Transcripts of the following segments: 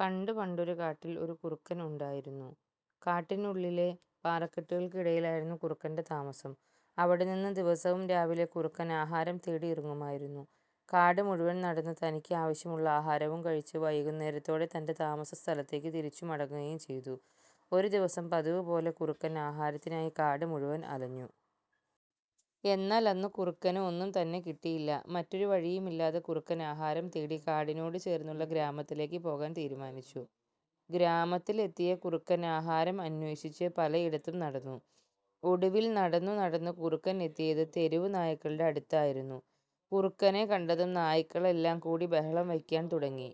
പണ്ട് പണ്ടൊരു കാട്ടിൽ ഒരു കുറുക്കൻ ഉണ്ടായിരുന്നു. കാട്ടിനുള്ളിലെ പാറക്കെട്ടുകൾക്ക് ഇടയിലായിരുന്നു കുറുക്കന്റെ താമസം. അവിടെനിന്ന് ദിവസവും രാവിലെ കുറുക്കൻ ആഹാരം തേടി ഇറങ്ങുമായിരുന്നു. കാടു മുഴുവൻ നടന്ന് തനിക്ക് ആവശ്യമുള്ള ആഹാരവും കഴിച്ച് വൈകുന്നേരത്തോടെ തന്റെ താമസസ്ഥലത്തേക്ക് തിരിച്ചു മടങ്ങുകയും ചെയ്തു. ഒരു ദിവസം പതിവുപോലെ കുറുക്കൻ ആഹാരത്തിനായി കാടു മുഴുവൻ അലഞ്ഞു. എന്നാൽ അന്ന് കുറുക്കന് ഒന്നും തന്നെ കിട്ടിയില്ല. മറ്റൊരു വഴിയുമില്ലാതെ കുറുക്കൻ ആഹാരം തേടി കാടിനോട് ചേർന്നുള്ള ഗ്രാമത്തിലേക്ക് പോകാൻ തീരുമാനിച്ചു. ഗ്രാമത്തിലെത്തിയ കുറക്കൻ ആഹാരം അന്വേഷിച്ച് പലയിടത്തും നടന്നു. ഒടുവിൽ നടന്നു നടന്ന് കുറുക്കൻ എത്തിയത് തെരുവു നായ്ക്കളുടെ അടുത്തായിരുന്നു. കുറുക്കനെ കണ്ടതും നായ്ക്കളെല്ലാം കൂടി ബഹളം വയ്ക്കാൻ തുടങ്ങി.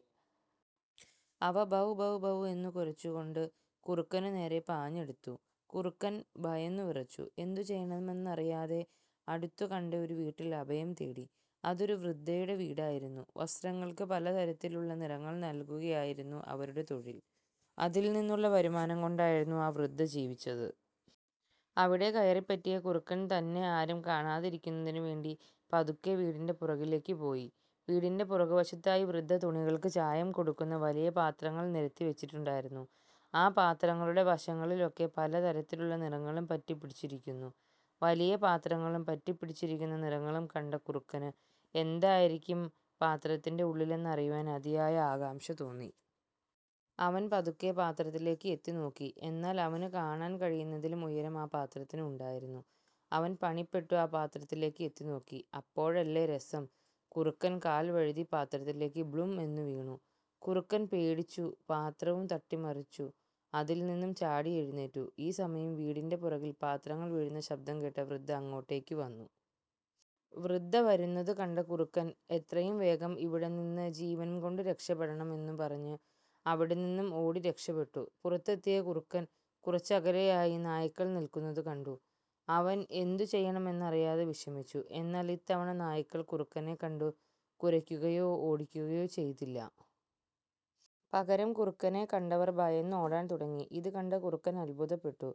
അവ ബൗ ബൗ ബൗ എന്നു കുരച്ചു കൊണ്ട് കുറുക്കനു നേരെ പാഞ്ഞടുത്തു. കുറുക്കൻ ഭയന്നുവിറച്ചു. എന്തു ചെയ്യണമെന്നറിയാതെ അടുത്തു കണ്ട ഒരു വീട്ടിൽ അഭയം തേടി. അതൊരു വൃദ്ധയുടെ വീടായിരുന്നു. വസ്ത്രങ്ങൾക്ക് പലതരത്തിലുള്ള നിറങ്ങൾ നൽകുകയായിരുന്നു അവരുടെ തൊഴിൽ. അതിൽ നിന്നുള്ള വരുമാനം കൊണ്ടായിരുന്നു ആ വൃദ്ധ ജീവിച്ചത്. അവിടെ കയറിപ്പറ്റിയ കുറുക്കൻ തന്നെ ആരും കാണാതിരിക്കുന്നതിന് വേണ്ടി പതുക്കെ വീടിന്റെ പുറകിലേക്ക് പോയി. വീടിന്റെ പുറകുവശത്തായി വൃദ്ധ തുണികൾക്കു ചായം കൊടുക്കുന്ന വലിയ പാത്രങ്ങൾ നിരത്തി വച്ചിട്ടുണ്ടായിരുന്നു. ആ പാത്രങ്ങളുടെ വശങ്ങളിലൊക്കെ പല തരത്തിലുള്ള നിറങ്ങളും പറ്റിപിടിച്ചിരുന്നു. വലിയപാത്രങ്ങളും പറ്റിപിടിച്ചിരിക്കുന്ന നിറങ്ങളും കണ്ട കുറുക്കന് എന്തായിരിക്കും പാത്രത്തിന്റെ ഉള്ളിലെന്നറിയുവാൻ അതിയായ ആകാംഷ തോന്നി. അവൻ പതുക്കെ പാത്രത്തിലേക്ക് എത്തിനോക്കി. എന്നാൽ അവനു കാണാൻ കഴിയുന്നതിലും ഉയരം ആ പത്രത്തിന് ഉണ്ടായിരുന്നു. അവൻ പണിപ്പെട്ടു ആ പാത്രത്തിലേക്ക് എത്തിനോക്കി. അപ്പോഴല്ലേ രസം കുറുക്കൻ കാൽവഴുതി പാത്രത്തിലേക്ക് ബ്ലും എന്നു വീണു. കുറുക്കൻ പേടിച്ചു പാത്രവും തട്ടിമറിച്ചു അതിൽ നിന്നും ചാടിയെഴുന്നേറ്റു. ഈ സമയം വീടിന്റെ പുറകിൽ പാത്രങ്ങൾ വീഴുന്ന ശബ്ദം കേട്ട വൃദ്ധ അങ്ങോട്ടേക്ക് വന്നു. വൃദ്ധ വരുന്നത് കണ്ട കുറുക്കൻ "എത്രയും വേഗം ഇവിടെ നിന്ന് ജീവനും കൊണ്ട് രക്ഷപ്പെടണം. " എന്നും പറഞ്ഞ് അവിടെ നിന്നും ഓടി രക്ഷപ്പെട്ടു. പുറത്തെത്തിയ കുറുക്കൻ കുറച്ചകലെയായി നായ്ക്കൾ നിൽകുന്നത് കണ്ടു. അവൻ എന്തു ചെയ്യണം എന്നറിയാതെ വിഷമിച്ചു. എന്നാൽ ഇത്തവണ നായ്ക്കൾ കുറുക്കനെ കണ്ടു കുരയ്ക്കുകയോ ഓടിക്കുകയോ ചെയ്തില്ല. പകരം കുറുക്കനെ കണ്ടവർ ഭയന്ന് ഓടാൻ തുടങ്ങി. ഇതുകണ്ട കുറുക്കൻ അത്ഭുതപ്പെട്ടു.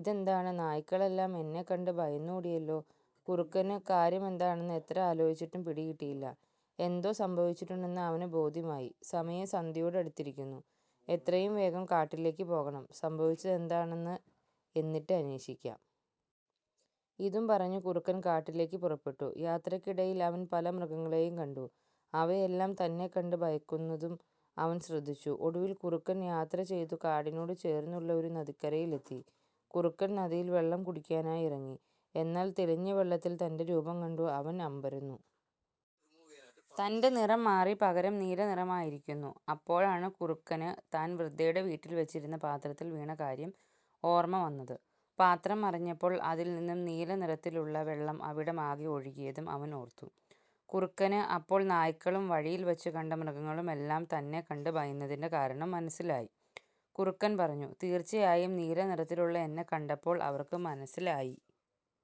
"ഇതെന്താണ് നായ്ക്കളെല്ലാം എന്നെ കണ്ട് ഭയന്നോടിയല്ലോ? " കുറുക്കന് കാര്യമെന്താണെന്ന് എത്ര ആലോചിച്ചിട്ടും പിടികിട്ടിയില്ല. എന്തോ സംഭവിച്ചിട്ടുണ്ടെന്ന് അവന് ബോധ്യമായി. "സമയം സന്ധ്യയോട് അടുത്തിരിക്കുന്നു. എത്രയും വേഗം കാട്ടിലേക്ക് പോകണം. സംഭവിച്ചതെന്താണെന്ന് എന്നിട്ട് അന്വേഷിക്കാം. " ഇതും പറഞ്ഞ് കുറുക്കൻ കാട്ടിലേക്ക് പുറപ്പെട്ടു. യാത്രക്കിടയിൽ അവൻ പല മൃഗങ്ങളെയും കണ്ടു. അവയെല്ലാം തന്നെ കണ്ട് ഭയക്കുന്നതും അവൻ ശ്രദ്ധിച്ചു. ഒടുവിൽ കുറുക്കൻ യാത്ര ചെയ്തു കാടിനോട് ചേർന്നുള്ള ഒരു നദിക്കരയിൽ എത്തി. കുറുക്കൻ നദിയിൽ വെള്ളം കുടിക്കാനായിറങ്ങി. എന്നാൽ തെളിഞ്ഞ വെള്ളത്തിൽ തന്റെ രൂപം കണ്ടു അവൻ അമ്പരന്നു. തന്റെ നിറം മാറി പകരം നീല നിറമായിരിക്കുന്നു. അപ്പോഴാണ് കുറുക്കന് താൻ വൃദ്ധയുടെ വീട്ടിൽ വച്ചിരുന്ന പാത്രത്തിൽ വീണ കാര്യം ഓർമ വന്നത്. പാത്രം മറിഞ്ഞപ്പോൾ അതിൽ നിന്നും നീലനിറത്തിലുള്ള വെള്ളം അവിടമാകെ ഒഴുകിയതും അവൻ ഓർത്തു. കുറുക്കന് അപ്പോൾ നായ്ക്കളും വഴിയിൽ വച്ചു കണ്ട മൃഗങ്ങളുമെല്ലാം തന്നെ കണ്ട് ഭയന്നതിന്റെ കാരണം മനസ്സിലായി. കുറുക്കൻ പറഞ്ഞു "തീർച്ചയായും നീലനിറത്തിലുള്ള എന്നെ കണ്ടപ്പോൾ അവർക്ക് മനസ്സിലായി